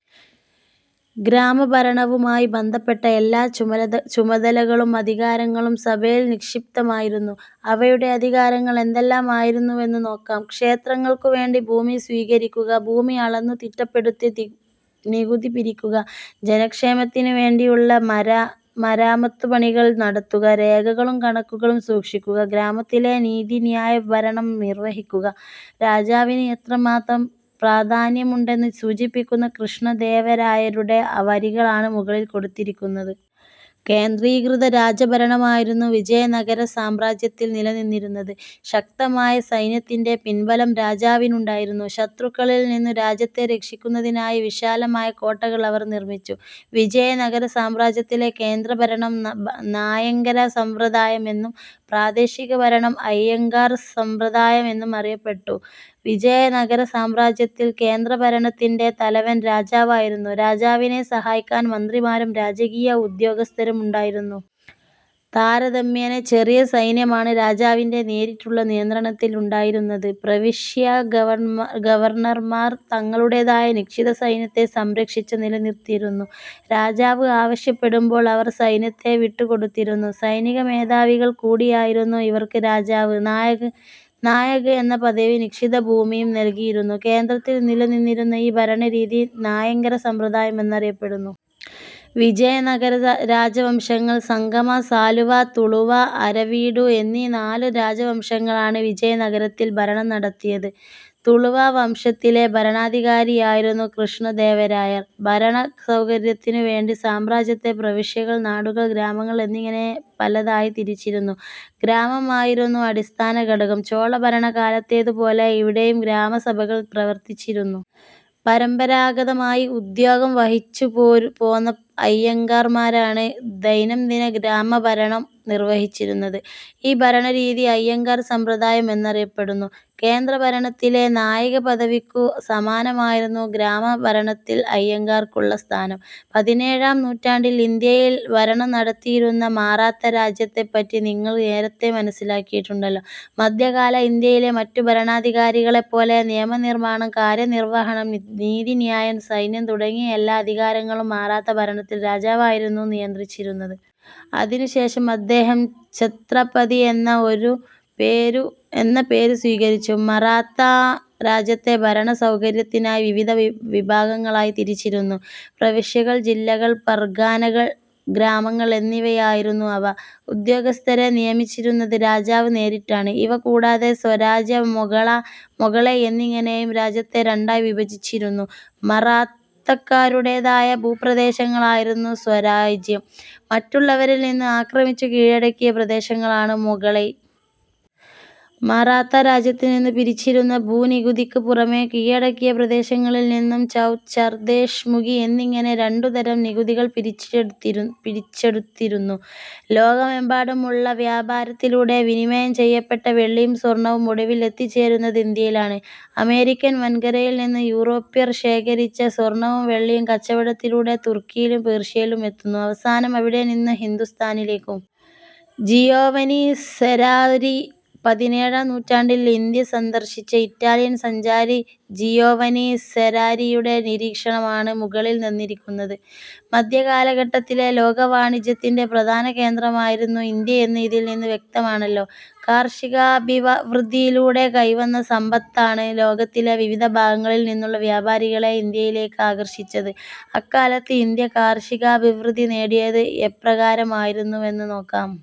ഗ്രാമഭരണവുമായി ബന്ധപ്പെട്ട എല്ലാ ചുമതലകളും അധികാരങ്ങളും സഭയിൽ നിക്ഷിപ്തമായിരുന്നു. അവയുടെ അധികാരങ്ങൾ എന്തെല്ലാമായിരുന്നുവെന്ന് നോക്കാം. ക്ഷേത്രങ്ങൾക്കുവേണ്ടി ഭൂമി സ്വീകരിക്കുക. ഭൂമി അളന്നുതിട്ടപ്പെടുത്തി നികുതി പിരിക്കുക. ജനക്ഷേമത്തിനുവേണ്ടിയുള്ള മരാമത്തുപണികൾ നടത്തുക. രേഖകളും കണക്കുകളും സൂക്ഷിക്കുക. ഗ്രാമത്തിലെ നീതിന്യായഭരണം നിർവഹിക്കുക. രാജാവിന് എത്രമാത്രം പ്രാധാന്യമുണ്ടെന്ന് സൂചിപ്പിക്കുന്ന കൃഷ്ണദേവരായരുടെ വരികളാണ് മുകളിൽ കൊടുത്തിരിക്കുന്നത്. കേന്ദ്രീകൃത രാജഭരണമായിരുന്നു വിജയനഗരസാമ്രാജ്യത്തിൽ നിലനിന്നിരുന്നത്. ശക്തമായ സൈന്യത്തിന്റെ പിൻബലം രാജാവിനുണ്ടായിരുന്നു. ശത്രുക്കളിൽ നിന്നു രാജ്യത്തെ രക്ഷിക്കുന്നതിനായി വിശാലമായ കോട്ടകൾ അവർ നിർമിച്ചു. വിജയ നഗരസാമ്രാജ്യത്തിലെ കേന്ദ്രഭരണം നായങ്കര സമ്പ്രദായമെന്നും പ്രാദേശികഭരണം അയ്യഗാർ സമ്പ്രദായമെന്നും അറിയപ്പെട്ടു. വിജയനഗരസാമ്രാജ്യത്തിൽ കേന്ദ്രഭരണത്തിന്റെ തലവൻ രാജാവായിരുന്നു. രാജാവിനെ സഹായിക്കാൻ മന്ത്രിമാരും രാജകീയ ഉദ്യോഗസ്ഥരും ഉണ്ടായിരുന്നു. താരതമ്യേന ചെറിയ സൈന്യമാണ് രാജാവിന്റെ നേരിട്ടുള്ള നിയന്ത്രണത്തിൽ ഉണ്ടായിരുന്നത്. പ്രവിശ്യാ ഗവർണർമാർ തങ്ങളുടേതായ നിശ്ചിത സൈന്യത്തെ സംരക്ഷിച്ചു നിലനിർത്തിയിരുന്നു. രാജാവ് ആവശ്യപ്പെടുമ്പോൾ അവർ സൈന്യത്തെ വിട്ടുകൊടുത്തിരുന്നു. സൈനികമേധാവികൾ കൂടിയായിരുന്ന ഇവർക്ക് രാജാവ് നായക് എന്ന പദവിയും നിശ്ചിത ഭൂമിയും നൽകിയിരുന്നു. കേന്ദ്രത്തിൽ നിലനിന്നിരുന്ന ഈ ഭരണരീതി നായങ്കര സമ്പ്രദായം എന്നറിയപ്പെട്ടു. വിജയനഗര രാജവംശങ്ങൾ: സംഗമ, സാലുവ, തുളുവ, അരവീഡു എന്നീ നാലു രാജവംശങ്ങളാണ് വിജയനഗരത്തിൽ ഭരണം നടത്തിയത്. തുളുവ വംശത്തിലെ ഭരണാധികാരിയായിരുന്നു കൃഷ്ണദേവരായർ. ഭരണസൗകര്യത്തിനു വേണ്ടി സാമ്രാജ്യത്തെ പ്രവിശ്യകൾ, നാടുകൾ, ഗ്രാമങ്ങൾ എന്നിങ്ങനെ പലതായി തിരിച്ചിരുന്നു. ഗ്രാമം ആയിരുന്നു അടിസ്ഥാന ഘടകം. ചോളഭരണകാലത്തേതു പോലെ ഇവിടെയും ഗ്രാമസഭകൾ പ്രവർത്തിച്ചിരുന്നു. പരമ്പരാഗതമായി ഉദ്യോഗം വഹിച്ചുപോന്ന അയ്യഗാർമാരാണ് ദൈനം ദിന ഗ്രാമഭരണം നിർവഹിച്ചിരുന്നത്. ഈ ഭരണരീതി അയ്യഗാർ സമ്പ്രദായം എന്നറിയപ്പെട്ടു. കേന്ദ്രഭരണത്തിലെ നായക പദവിക്കു സമാനമായിരുന്നു ഗ്രാമഭരണത്തിൽ അയ്യഗാർമാർക്കുള്ള സ്ഥാനം. പതിനേഴാം നൂറ്റാണ്ടിൽ ഇന്ത്യയിൽ ഭരണം നടത്തിയിരുന്ന മറാത്തരാജ്യത്തെപ്പറ്റി നിങ്ങൾ നേരത്തേ മനസ്സിലാക്കിയിട്ടുണ്ടല്ലോ. മധ്യകാല ഇന്ത്യയിലെ മറ്റു ഭരണാധികാരികളെപ്പോലെ നിയമനിർമാണം, കാര്യനിർവഹണം, നീതിന്യായം, സൈന്യം തുടങ്ങിയ എല്ലാ അധികാരങ്ങളും മറാത്ത ഭരണത്തിൽ രാജാവായിരുന്നു നിയന്ത്രിച്ചിരുന്നത്. അതിനു ശേഷം അദ്ദേഹം ഛത്രപതി എന്ന ഒരു പേരു സ്വീകരിച്ചു. മറാത്ത രാജ്യത്തെ ഭരണസൗകര്യത്തിനായി വിവിധ വിഭാഗങ്ങളായി തിരിച്ചിരുന്നു. പ്രവിശ്യകൾ, ജില്ലകൾ, പർഗാനകൾ, ഗ്രാമങ്ങൾ എന്നിവയായിരുന്നു അവ. ഉദ്യോഗസ്ഥരെ നിയമിച്ചിരുന്നത് രാജാവ് നേരിട്ടാണ്. ഇവ കൂടാതെ സ്വരാജ്യ, മൊഗളൈ എന്നിങ്ങനെയും രാജ്യത്തെ രണ്ടായി വിഭജിച്ചിരുന്നു. മറാത്തക്കാരുടേതായ ഭൂപ്രദേശങ്ങളായിരുന്നു സ്വരാജ്യം, മറ്റുള്ളവരിൽനിന്ന് ആക്രമിച്ചു കീഴടക്കിയ പ്രദേശങ്ങളാണു മൊഗളൈ. മറാത്തരാജ്യത്തുനിന്നു പിരിച്ചിരുന്ന ഭൂനികുതിക്ക് പുറമെ കീഴടക്കിയ പ്രദേശങ്ങളിൽ നിന്നും ചൗത്, സർദേശ്മുഖി എന്നിങ്ങനെ രണ്ടുതരം നികുതികൾ പിരിച്ചെടുത്തിരുന്നു. ലോകമെമ്പാടുമുള്ള വ്യാപാരത്തിലൂടെ വിനിമയം ചെയ്യപ്പെട്ട വെള്ളിയും സ്വർണവും ഒടുവിൽ എത്തിച്ചേരുന്നത് ഇന്ത്യയിലാണ്. അമേരിക്കൻ വൻകരയിൽനിന്ന് യൂറോപ്വർ ശേഖരിച്ച സ്വർണവും വെള്ളിയും കച്ചവടത്തിലൂടെ തുർക്കിയിലും പേർഷ്യയിലും എത്തുന്നു. അവസാനം അവിടെനിന്ന് ഹിന്ദുസ്ഥാനിലേക്കും. ജിയോവനി സെരാരി. പതിനേഴാം നൂറ്റാണ്ടിൽ ഇന്ത്യ സന്ദർശിച്ച ഇറ്റാലിയൻ സഞ്ചാരി ജിയോവനി സെരാരിയുടെ നിരീക്ഷണമാണ് മുകളിൽ തന്നിരിക്കുന്നത്. മധ്യകാലഘട്ടത്തിലെ ലോകവാണിജ്യത്തിന്റെ പ്രധാന കേന്ദ്രമായിരുന്നു ഇന്ത്യയെന്ന് ഇതിൽനിന്നു വ്യക്തമാണല്ലോ. കാർഷികാഭിവൃദ്ധിയിലൂടെ കൈവന്ന സമ്പത്താണ് ലോകത്തിലെ വിവിധ ഭാഗങ്ങളിൽനിന്നുള്ള വ്യാപാരികളെ ഇന്ത്യയിലേക്ക് ആകർഷിച്ചത്. അക്കാലത്ത് ഇന്ത്യ കാർഷികാഭിവൃദ്ധി നേടിയത് എപ്രകാരമായിരുന്നുവെന്ന് നോക്കാം.